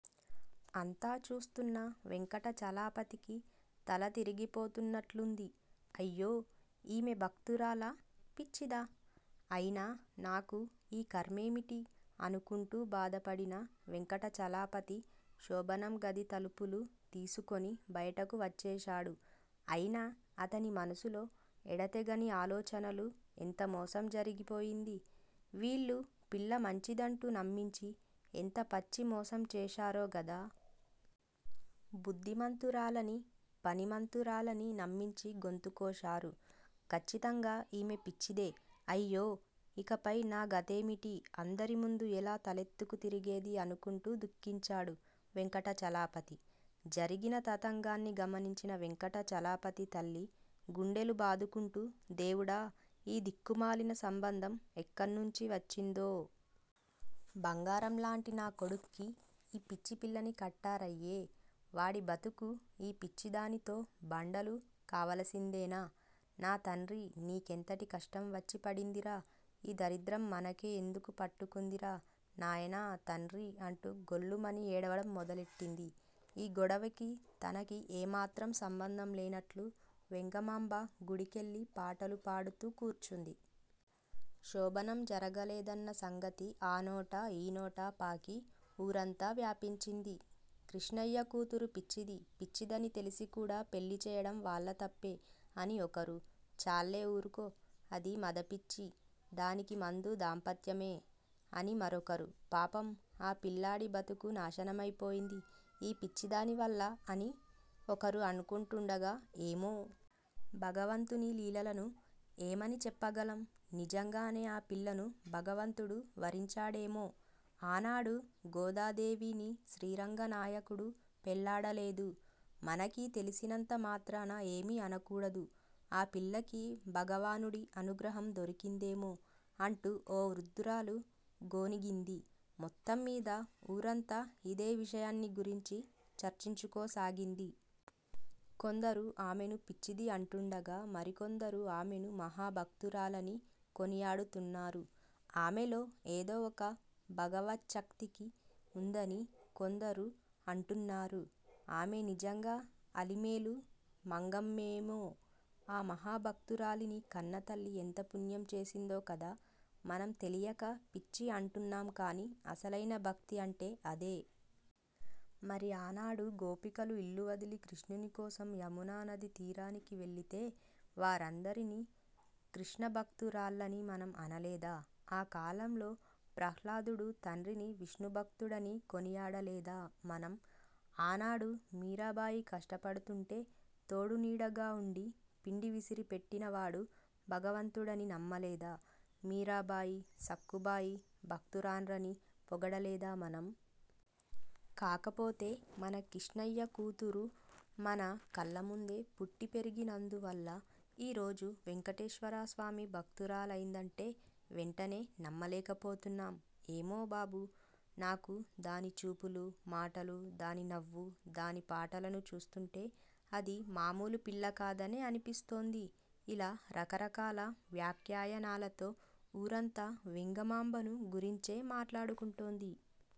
అంతా చూస్తున్న వెంకటాచలపతికి తల తిరిగిపోతున్నట్లుంది. అయ్యో! ఈమె భక్తురాలా? పిచ్చిదా? అయినా నాకు ఈ ఖర్మేమిటి? అనుకుంటూ బాధపడిన వెంకటాచలపతి శోభనం గది తలుపులు తీసుకుని బయటకు వచ్చేశాడు. అయినా అతని మనసులో ఎడతెగని ఆలోచనలు ఎంత మోసం జరిగిపోయింది! వీళ్ళు పిల్ల మంచిదంటూ నమ్మించి, ఎంత పచ్చి మోసం చేశారో గదా! బుదిమంతురాలని, పని మంతురాలని నమ్మించి గొంతు కోశారు. ఖచ్చితంగా ఈమె పిచ్చిదే. అయ్యో! ఇకపై నా గతేమిటి అందరి ముందు ఎలా తలెత్తుకు తిరిగేది? అనుకుంటూ దుఃఖించాడు వెంకటాచలపతి. జరిగిన తతంగాన్ని గమనించిన వెంకటాచలపతి తల్లి గుండెలు బాదుకుంటూ, దేవుడా! ఈ దిక్కుమాలిన సంబంధం ఎక్కడ్నుంచి వచ్చిందో? బంగారం లాంటి నా కొడుక్కి ఈ పిచ్చి పిల్లని కట్టరయ్యే! వాడి బతుకు ఈ పిచ్చిదానితో బండలు కావలసిందేనా? నా తండ్రీ, నీకెంతటి కష్టం వచ్చి పడిందిరా? ఈ దరిద్రం మనకే ఎందుకు పట్టుకుందిరా. నాయనా! తండ్రీ!! అంటూ గొల్లుమని ఏడవడం మొదలెట్టింది. ఈ గొడవకీ, తనకీ ఎంత మాత్రం సంబంధం లేనట్లు వెంగమాంబ, గుడికెళ్ళి పాటలు పాడుతూ కూర్చుంది. శోభనం జరగలేదన్న సంగతి ఆ నోటా, ఈ నోటా పాకి, ఊరంతా వ్యాపించింది. కృష్ణయ్య కూతురు పిచ్చిది, పిచ్చిదని తెలిసి కూడా పెళ్ళి చేయడం వాళ్ళ తప్పే అని ఒకరు, చాల్లే ఊరుకో. అది మదపిచ్చి. డానికి మందు దాంపత్యమే అని మరొకరూ, పాపం, ఆ పిల్లాడి బతుకు నాశనమపోయింది, ఈ పిచ్చిదాని వల్ల అని ఒకరు అనుకొంటుండగా, ఏమో! భగవంతుని లీలలను ఏమని చెప్పగలం? నిజంగానే ఆ పిల్లని భగవంతుడు వరించాడేమో! ఆనాడు గోదాదేవిని శ్రీరంగనాయకుడు పెళ్ళాడలేదూ! మనకి తెలియనంత మాత్రాన ఏమీ అనకూడదు. ఆ పిల్లకి భగవానుడి అనుగ్రహం దొరికిందేమో! అంటూ ఓ వృద్దురాలు గొణిగింది. మొత్తంమీద ఊరంతా ఇదే విషయాన్ని గురించి చర్చించుకోసాగింది. కొందరు ఆమెను పిచ్చిది అంటుండగా, మరికొందరు ఆమెను మహాభక్తురాలని కొనియాడుతున్నారు. ఆమెలో ఏదో ఒక భగవచ్ఛక్తి ఉందని కొందరు అంటున్నారు. ఆమె నిజంగా అలమేలు మంగమ్మేమో! ఆ భక్తురాలీని కన్నతల్లి ఎంత పుణ్యం చేసిందో కదా! మనం తెలియక పిచ్చి అంటున్నాంకానీ, అసలైన భక్తి అంటే అదే! మరి ఆనాడు, గోపికలు ఇల్లు వదలి కృష్ణుని కోసం యమునా నదీతీరానికి వెళ్ళితే, వాళ్ళందరినీ కృష్ణ భక్తురాళ్ళని మనం అనలేదా? ఆ కాలంలో ప్రహ్లాదుడు తండ్రిని విష్ణుభక్తుడని కొనియాడలేదా మనం? ఆనాడు మీరాబాయి కష్టపడుతుంటే, తోడునీడగా ఉండి, పిండి విసిరి పెట్టినవాడు భగవంతుడని నమ్మలేదా? మీరాబాయి, సక్కుబాయి భక్తురాండ్రని పొగడలేదా మనం? కాకపొతే, మన కిష్ణయ్య కూతురు మన కళ్ళముందే పుట్టి పెరిగినందువల్ల, ఈ రోజు వెంకటేశ్వరస్వామి భక్తురాలైందంటే, వెంటెనే నమ్మలేకపోతున్నాం. ఏమో బాబూ! నాకు దాని చూపులు, మాటలు, దాని నవ్వు, దాని పాటలను చూస్తుంటే, అది మామూలు పిల్ల కాదనే అనిపిస్తోంది. ఇలా రకరకాల వ్యాఖ్యానాలతో ఊరంతా వెంగమాంబను గురించే మాట్లాడుకుంటోంది.